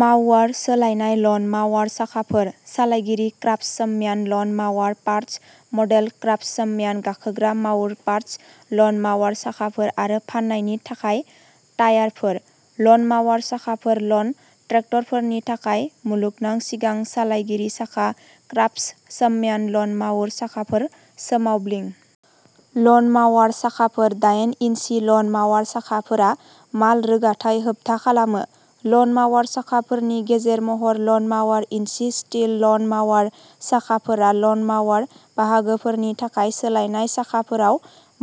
माउवार सोलायनाय लन माउवार साखाफोर सालायगिरि क्राफ्टसम्यान लन माउवार पार्ट्स मडेल क्राफ्टसम्यान गाखोग्रा माउवार पार्ट्स लन माउवार साखाफोर आरो फाननायनि थाखाय टायारफोर। लन माउवार साखाफोर लन ट्रेक्टरफोरनि थाखाय मुलुगनां सिगां सालायगिरि साखा क्राफ्टसम्यान लन माउवार साखाफोर सोमावब्लिं। लन माउवार साखाफोर डाइन इन्सि लन माउवार साखाफोरा माल-रोगाथाय होबथा खालामो। लन माउवार साखाफोरनि गेजेर महर लन माउवार इन्चि स्टील लन माउवार साखाफोरा लन माउवार बाहागोफोरनि थाखाय सोलायनाय साखाफोराव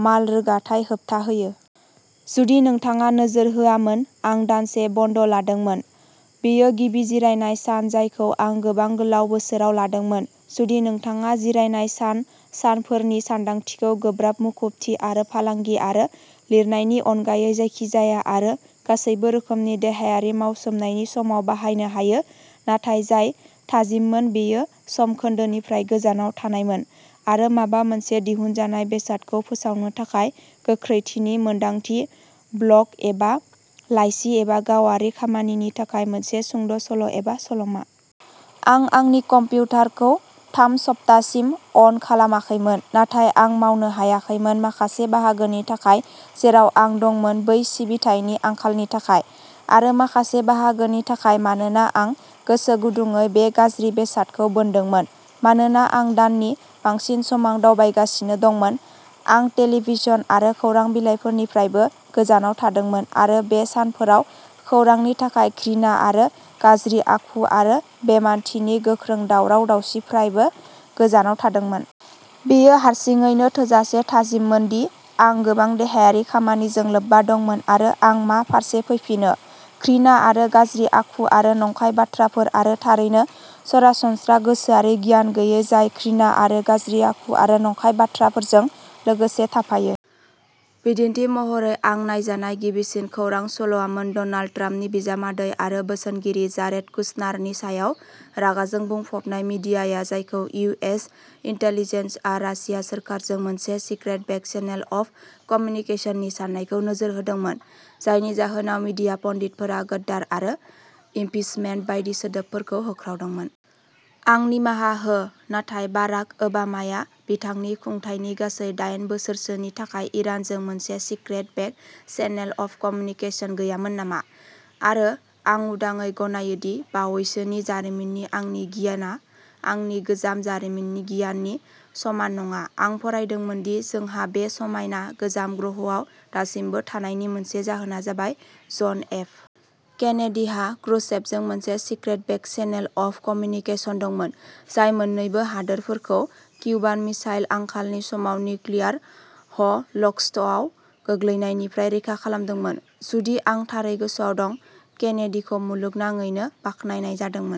माल रोगाथाय होबथा होयो। जुदि नोंथाङा नोजोर होआमोन आं दानसे बन्द लादोंमोन। बेयो गिबि जिरायनाय सान जायखौ आं गोबां गोलाव बोसोराव लादोंमोन जुदि नोंथाङा जिरायनाय सान सानफोरनि सानदांथिखौ गोब्राब मुखुबथि आरो फालांगि आरो लिरनायनि अनगायै जायखिजाया आरो गासैबो रोखोमनि देहायारि मावसोमनायनि समाव बाहायनो हायो नाथाय जाय थाजिममोन बेयो समखोन्दोनिफ्राय गोजानाव थानायमोन आरो माबा मोनसे दिहुनजानाय बेसादखौ फोसावनो थाखाय गोख्रैथिनि मोनदांथि ब्लग एबा लाइसि एबा गावारि खामानिनि थाखाय मोनसे सुंद'सल' एबा सल'मा। आं आंनि कमप्युटारखौ थाम सप्तासिम अन खालामाखैमोन नाथाय आं मावनो हायाखैमोन माखासे बाहागोनि थाखाय जेराव आं दंमोन बै सिबिथायनि आंखालनि थाखाय, आरो माखासे बाहागोनि थाखाय मानोना आं गोसोगुदुंयै बे गाज्रि बेसादखौ बोनदोंमोन। मानोना आं दाननि बांसिन समाव दावबायगासिनो दंमोन, आं टेलिभिजन आरो खौरां बिलाइफोरनिफ्रायबो गोजानाव थादोंमोन आरो बे सानफोराव खौरांनि थाखाय घृणा आरो गाज्रि आखु आरो बेइमानथिनि गोख्रों दावराव दावसिनिफ्रायबो गोजानाव थादोंमोन। बेयो हारसिङैनो थोजासे थाजिममोन दि आं गोबां देहायारि खामानिजों लोब्बा दंमोन आरो आं मा फारसे फैफिनो? घृणा आरो गाज्रि आखु आरो नंखाय बाथ्राफोर आरो थारैनो सरासनस्रा गोसोआरि गियान गैयै जाय घृणा आरो गाज्रि आखु आरो नंखाय बाथ्राफोरजों लोगोसे थाफायो। बिदिन्थि महरै आं नायजानाय गिबिसिन खौरां सल'आमोन डनाल्ड ट्राम्पनि बिजामादै आरो बोसोनगिरि जारेड कुशनारनि सायाव रागाजों बुंफबनाय मिडियाया जायखौ इउ. एस. इन्टेलिजेन्सआ रासिया सोरखारजों मोनसे "सिक्रेट" बेक चेनेल अफ कम्युनिकेशननि साननायखौ नोजोर होदोंमोन, जायनि जाहोनाव मीडिया पन्डितफोरा "गद्दार" आरो "इम्पिचमेन्ट" बायदि सोदोबफोरखौ होख्रावदोंमोन। आं निमाहा हो नाथाय बाराक ओबामाया बिथांनि खुंथायनि गासै दाइन बोसोरसोनि थाखाय इरानजों मोनसे secret back channel of communication गैयामोन नामा? आरो आं उदाङै गनायो दि बावैसोनि जारिमिननि आंनि गियानआ आंनि गोजाम जारिमिननि गियाननि समान नङा आं फरायदोंमोन दि जोंहा बे समायना गोजाम ग्रहआव दासिमबो थानायनि मोनसे जाहोना जाबाय जन एफ. केनेडीहा क्रुश्चेभजों मोनसे secret back channel of communication दंमोन जाय मोन्नैबो हादोरफोरखौ किउबान मिसाइल आंखालनि समाव निउक्लियार ह'लक'स्टआव गोग्लैनायनिफ्राय रैखा खालामदोंमोन। जुदि आं थारै गोसोआव दं, केनेडीखौ मुलुगनाङैनो बाख्नायनाय जादोंमोन।